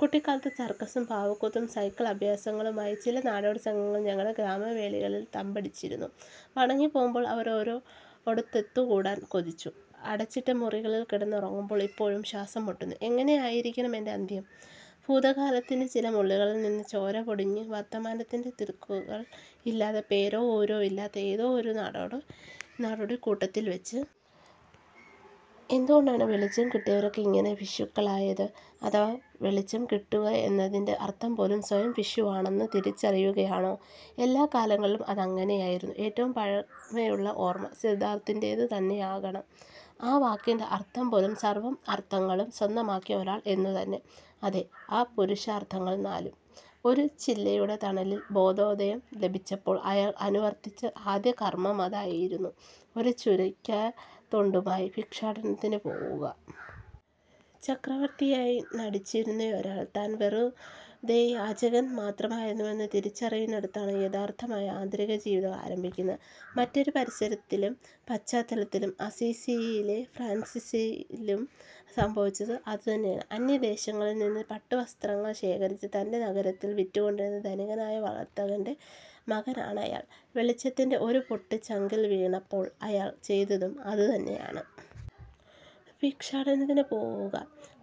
കുട്ടിക്കാലത്ത് സർക്കസും പാവക്കൂത്തും സൈക്കിൾ അഭ്യാസങ്ങളുമായി ചില നാടോടിസംഘങ്ങൾ ഞങ്ങളുടെ ഗ്രാമവെളിയിൽ തമ്പടിച്ചിരുന്നു. മടങ്ങിപ്പോകുമ്പോൾ അവരോടൊത്തുകൂടാൻ കൊതിച്ചു. അടച്ചിട്ടമുറികളിൽ കിടന്നുറങ്ങുമ്പോൾ ഇപ്പോഴും ശ്വാസംമുട്ടുന്നു. എങ്ങനെയായിരിക്കണം എന്റെ അന്ത്യം. ഭൂതകാലത്തിന്റെ ചില മുള്ളുകളിൽനിന്ന് ചോരപൊടിഞ്ഞ് വർത്തമാനത്തിന്റെ തിടുക്കങ്ങൾ ഇല്ലാതെ പേരോ ഊരോ ഇല്ലാത്ത ഏതോ ഒരു നാടോടിക്കൂട്ടത്തിൽവെച്ച്. എന്തുകൊണ്ടാണ് വെളിച്ചം കിട്ടിയവരൊക്കെ ഇങ്ങനെ ഭിക്ഷുക്കളായത്. അഥവാ വെളിച്ചം കിട്ടുകയെന്നതിന്റെ അർഥം പോലും സ്വയംഭിക്ഷുവാണെന്ന് തിരിച്ചറിയുകയാണോ. എല്ലാകാലങ്ങളിലും അതങ്ങനെയായിരുന്നു. ഏറ്റവും പഴക്കമുള്ള ഓർമ, സിദ്ധാർഥന്റേതു തന്നെയാകണം. ആ വാക്കിന്റെ അർഥംപോലും സർവ അർഥങ്ങളും സ്വന്തമാക്കിയ ഒരാൾ എന്നുതന്നെ. അതെ, ആ പുരുഷാർഥങ്ങൾ നാലും. ഒരു ചില്ലയുടെ തണലിൽ ബോധോദയം ലഭിച്ചപ്പോൾ അയാൾ അനുവർത്തിച്ച ആദ്യകർമമതായിരുന്നു, ഒരു ചുരയ്ക്കാത്തൊണ്ടുമായി ഭിക്ഷാടനത്തിനു പോകുക. ചക്രവർത്തിയായി നടിച്ചിരുന്നയൊരാൾ താൻ വെറുതെ യാചകൻ മാത്രമായിരുന്നുവെന്ന് തിരിച്ചറിയുന്നിടത്താണ് യഥാർഥമായ ആന്തരികജീവിതം ആരംഭിക്കുന്നത്. മറ്റൊരു പരിസരത്തിലും പശ്ചാത്തലത്തിലും അസ്സീസിയിലെ ഫ്രാൻസിസിലും സംഭവിച്ചത് അതുതന്നെയാണ്. അന്യദേശങ്ങളിൽനിന്ന് പട്ടുവസ്ത്രങ്ങൾ ശേഖരിച്ച് തന്റെ നഗരത്തിൽ വിറ്റുകൊണ്ടിരുന്ന ധനികനായ വർത്തകന്റെ മകനാണയാൾ. വെളിച്ചത്തിന്റെ ഒരു പൊട്ട് ചങ്കിൽ വീണപ്പോൾ അയാൾ ചെയ്തതും അതുതന്നെയാണ്. ഭിക്ഷാടനത്തിനു പോവുക.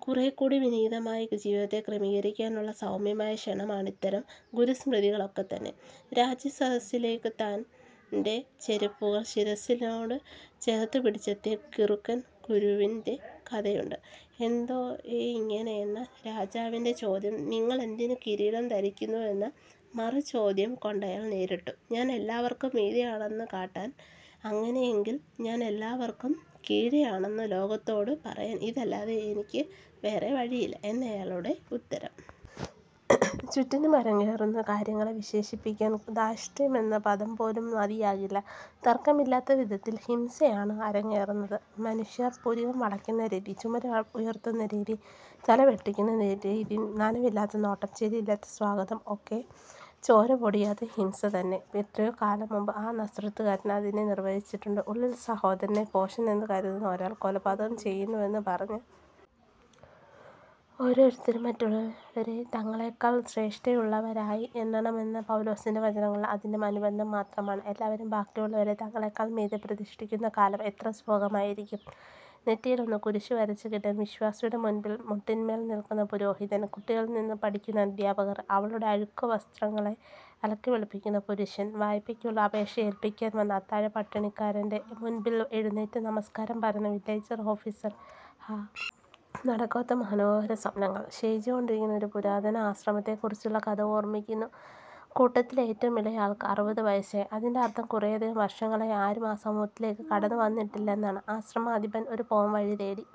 കുറെക്കൂടി വിനീതമായി ജീവിതത്തെ ക്രമീകരിക്കാനുള്ള സൗമ്യമായ ക്ഷണമാണിത്തരം ഗുരുസ്മൃതികളൊക്കെത്തന്നെ. രാജസദസ്സിലേക്ക് തന്റെ ചെരുപ്പുകൾ ശിരസ്സിനോട് ചേർത്തുപിടിച്ചെത്തിയ കിറുക്കൻഗുരുവിന്റെ കഥയുണ്ട്. എന്തേയിങ്ങനെയെന്ന രാജാവിന്റെ ചോദ്യം നിങ്ങളെന്തിന് കിരീടം ധരിക്കുന്നുവെന്ന മറുചോദ്യംകൊണ്ടയാൾ നേരിട്ടു;'ഞാനെല്ലാവർക്കും മീതെയാണെന്ന് കാട്ടാൻ. ''അങ്ങനെയെങ്കിൽ ഞാനെല്ലാവർക്കും കീഴെയാണെന്ന് ലോകത്തോടു പറയാൻ ഇതല്ലാതെ എനിക്ക് വേറെ വഴികളില്ല'എന്നയാളുടെ ഉത്തരം. ചുറ്റിനും അരങ്ങേറുന്ന കാര്യങ്ങളെ വിശേഷിപ്പിക്കാൻ ധാർഷ്ട്യമെന്ന പദം പോലും മതിയാകില്ല. തർക്കമില്ലാത്ത വിധത്തിൽ ഹിംസയാണ് അരങ്ങേറുന്നത്. മനുഷ്യർ പുരികംവളയ്ക്കുന്ന രീതി, ചുമല് ഉയർത്തുന്ന രീതി, തല വെട്ടിക്കുന്ന രീതി, നനവില്ലാത്ത നോട്ടം, ചിരിയില്ലാത്ത സ്വാഗതം ഒക്കെ ചോരപൊടിയാത്ത ഹിംസതന്നെ. എത്രയോ കാലംമുൻപ് ആ നസ്രത്തുകാരൻ അതിനെ നിർവചിച്ചിട്ടുണ്ട്:ഉള്ളിൽ സഹോദരനെ ഭോഷനെന്നുകരുതുന്ന ഒരാൾ കൊലപാതകം ചെയ്യുന്നുവെന്ന് പറഞ്ഞ്. ഓരോരുത്തരും മറ്റുള്ളവരെ തങ്ങളെക്കാൾ ശ്രേഷ്ഠതയുള്ളവരായി എണ്ണണമെന്ന പൗലോസിന്റെ വചനങ്ങൾ അതിന്റെ അനുബന്ധം മാത്രമാണ്. എല്ലാവരും ബാക്കിയുള്ളവരെ തങ്ങളെക്കാൾ മീതെ പ്രതിഷ്ഠിക്കുന്നകാലം എത്ര സുഭഗമായിരിക്കും. നെറ്റിയിൽ ഒന്ന് കുരിശു വരച്ചുകിട്ടാൻ വിശ്വാസിയുടെമുൻപിൽ മുട്ടിൻമേൽനില്ക്കുന്ന പുരോഹിതൻ, കുട്ടികളിൽനിന്നു പഠിക്കുന്ന അധ്യാപകർ, അവളുടെ അഴുക്കുവസ്ത്രങ്ങളെ അലക്കിവെളുപ്പിക്കുന്ന പുരുഷൻ, വായ്പയ്ക്കുള്ള അപേക്ഷ ഏല്പിക്കാൻ വന്ന അത്താഴപ്പട്ടിണിക്കാരന്റെ മുൻപിൽ എഴുന്നേറ്റ് നമസ്കാരം പറയുന്ന വില്ലേജ് ഓഫീസര് ഹാ. നടക്കാത്ത മനോഹരസ്വപ്നങ്ങൾ. ക്ഷയിച്ചു കൊണ്ടിരുന്ന ഒരു പുരാതന ആശ്രമത്തെക്കുറിച്ചുള്ള കഥ ഓർമിക്കുന്നു. കൂട്ടത്തിൽ ഏറ്റവും ഇളയ ആൾക്ക് അറുപതുവയസ്സായി. അതിന്റെ അർഥം കുറേയധികം വർഷങ്ങളായി ആരും ആ സമൂഹത്തിലേക്ക് കടന്നുവന്നിട്ടില്ലെന്നാണ്. ആശ്രമാധിപൻ ഒരു പോംവഴി തേടി